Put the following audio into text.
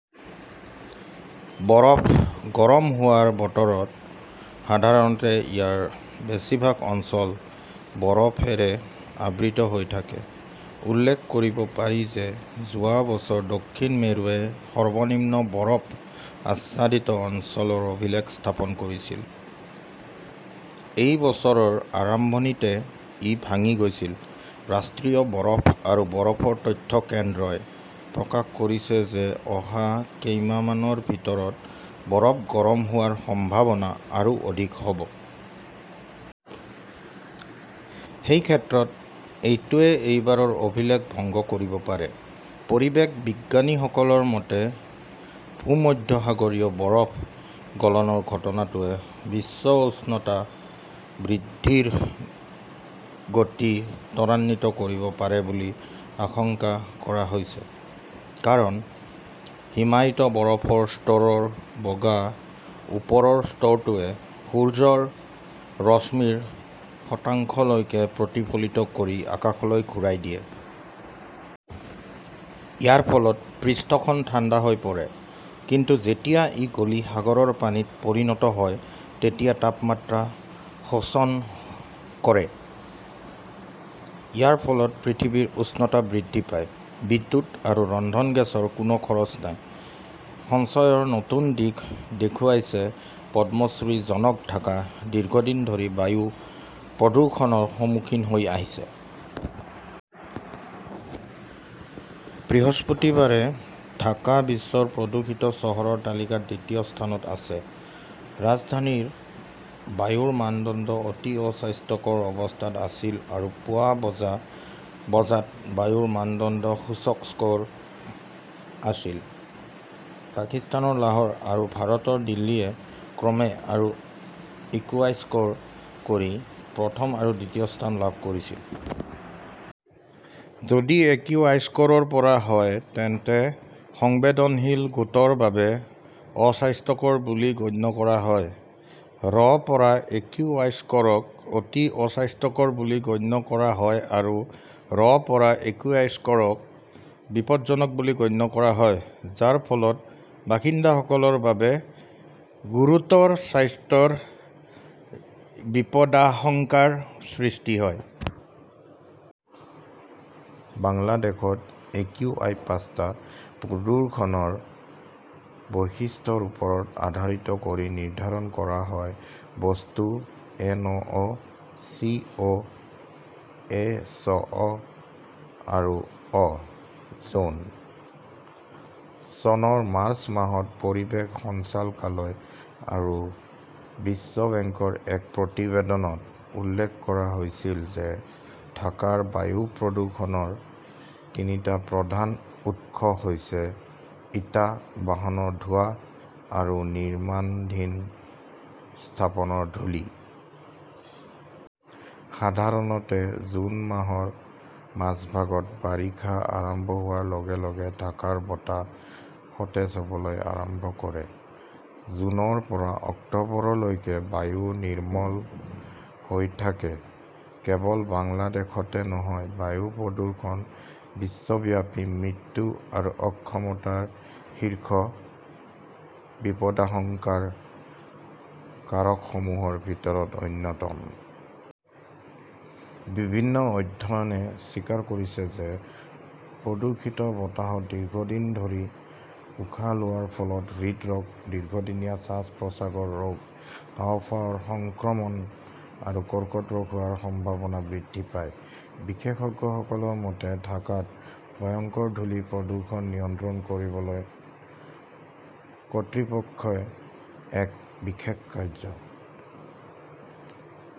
বৰফ গৰম হোৱাৰ বতৰত সাধাৰণতে ইয়াৰ বেছিভাগ অঞ্চল বৰফেৰে আবৃত হৈ থাকে। উল্লেখ কৰিব পাৰি যে যোৱা বছৰ দক্ষিণ মেৰুৱে সৰ্বনিম্ন বৰফ-আচ্ছাদিত অঞ্চলৰ অভিলেখ স্থাপন কৰিছিল। এই বছৰৰ আৰম্ভণিতে ই ভাঙি গৈছিল। ৰাষ্ট্ৰীয় বৰফ আৰু বৰফৰ তথ্য কেন্দ্ৰই প্ৰকাশ কৰিছে যে অহা কেইমাহমানৰ ভিতৰত বৰফ গৰম হোৱাৰ সম্ভাৱনা আৰু অধিক হ "ব। সেই ক্ষেত্ৰত এইটোৱে এইবাৰৰ অভিলেখ ভংগ কৰিব পাৰে। পৰিৱেশ বিজ্ঞানীসকলৰ মতে, ভূমধ্যসাগৰীয় বৰফ গলনৰ ঘটনাটোৱে বিশ্ব উষ্ণতা বৃদ্ধিৰ গতি ত্বৰান্বিত কৰিব পাৰে বুলি আশংকা কৰা হৈছে। কাৰণ, হিমায়িত বৰফৰ স্তৰৰ বগা ওপৰৰ স্তৰটোৱে সূৰ্যৰ ৰশ্মিৰ শতাংশলৈকে প্ৰতিফলিত কৰি আকাশলৈ ঘূৰাই দিয়ে। ইয়াৰ ফলত পৃষ্ঠখন ঠাণ্ডা হৈ পৰে। কিন্তু যেতিয়া ই গলি সাগৰৰ পানীত পৰিণত হয় তেতিয়া তাপমাত্ৰা শোষণ কৰে। ইয়াৰ ফলত পৃথিৱীৰ উষ্ণতা বৃদ্ধি পায়। বিদ্যুৎ আৰু ৰন্ধন গেছৰ কোনো খৰচ নাই, সঞ্চয়ৰ নতুন দিশ দেখুৱাইছে পদ্মশ্ৰী জনক ঢাকা দীৰ্ঘদিন ধৰি বায়ু প্ৰদূষণৰ সন্মুখীন হৈ আহিছে। বৃহস্পতিবাৰে ঢাকা বিশ্বৰ প্ৰদূষিত চহৰৰ তালিকাত দ্বিতীয় স্থানত আছে। ৰাজধানীৰ বায়ুৰ মানদণ্ড "অতি অস্বাস্থ্যকৰ" অৱস্থাত আছিল আৰু পুৱা বজা বজাত বায়ুৰ মানদণ্ড সূচক স্ক "ৰ আছিল। পাকিস্তানৰ লাহোৰ আৰু ভাৰতৰ দিল্লীয়ে ক্ৰমে আৰু একিউআই স্ক "ৰ কৰি প্ৰথম আৰু তৃতীয় স্থান লাভ কৰিছিল। যদি একিউআই স্ক "ৰ ৰ পৰা হয় তেন্তে সংবেদনশীল গোটৰ বাবে" অস্বাস্থ্যকৰ "বুলি গণ্য কৰা হয়। ৰ পৰা একিউআই স্ক "ৰক" অতি অস্বাস্থ্যকৰ "বুলি গণ্য কৰা হয় আৰু ৰ পৰা একিউআই স্ক" ৰক "বিপজ্জনক" বুলি গণ্য কৰা হয়, যাৰ ফলত বাসিন্দাসকলৰ বাবে গুৰুতৰ স্বাস্থ্যৰ বিপদাশংকাৰ সৃষ্টি হয়। বাংলাদেশত একিউআই পাঁচটা প্ৰদূষণৰ বৈশিষ্ট্যৰ ওপৰত আধাৰিত কৰি নিৰ্ধাৰণ কৰা হয়ঃ বস্তু, এনঅ ", চিঅ", এছঅ ", আৰু অ" জন। চনৰ মাৰ্চ মাহত পৰিৱেশ সঞ্চালকালয় আৰু বিশ্ব বেংকৰ এক প্ৰতিবেদনত উল্লেখ কৰা হৈছিল যে ঢাকাৰ বায়ু প্ৰদূষণৰ তিনিটা প্ৰধান উৎস হৈছে ইটা, বাহনৰ ধোঁৱা আৰু নিৰ্মাণধীন স্থাপনৰ ধূলি। সাধাৰণতে জুন মাহৰ মাজভাগত বাৰিষা আৰম্ভ হোৱাৰ লগে লগে ঢাকাৰ বতাহ সতেজ হ "বলৈ আৰম্ভ কৰে। জুনৰ পৰা অক্টোবৰলৈকে বায়ু নিৰ্মল হৈ থাকে। কেৱল বাংলাদেশতে নহয়, বায়ু প্ৰদূষণ বিশ্বব্যাপী মৃত্যু আৰু অক্ষমতাৰ শীৰ্ষ বিপদাশংকাৰ কাৰকসমূহৰ ভিতৰত অন্যতম। বিভিন্ন অধ্যয়নে স্বীকাৰ কৰিছে যে প্ৰদূষিত বতাহত দীৰ্ঘদিন ধৰি উশাহ লোৱাৰ ফলত হৃদৰোগ, দীৰ্ঘদিনীয়া শ্বাস-প্ৰশ্বাসৰ ৰোগ, হাঁওফাঁওৰ সংক্ৰমণ আৰু কৰ্কট ৰোগ হোৱাৰ সম্ভাৱনা বৃদ্ধি পায়। বিশেষজ্ঞসকলৰ মতে, ঢাকাত ভয়ংকৰ ধূলি প্ৰদূষণ নিয়ন্ত্ৰণ কৰিবলৈ কৰ্তৃপক্ষই এক বিশেষ কাৰ্য্য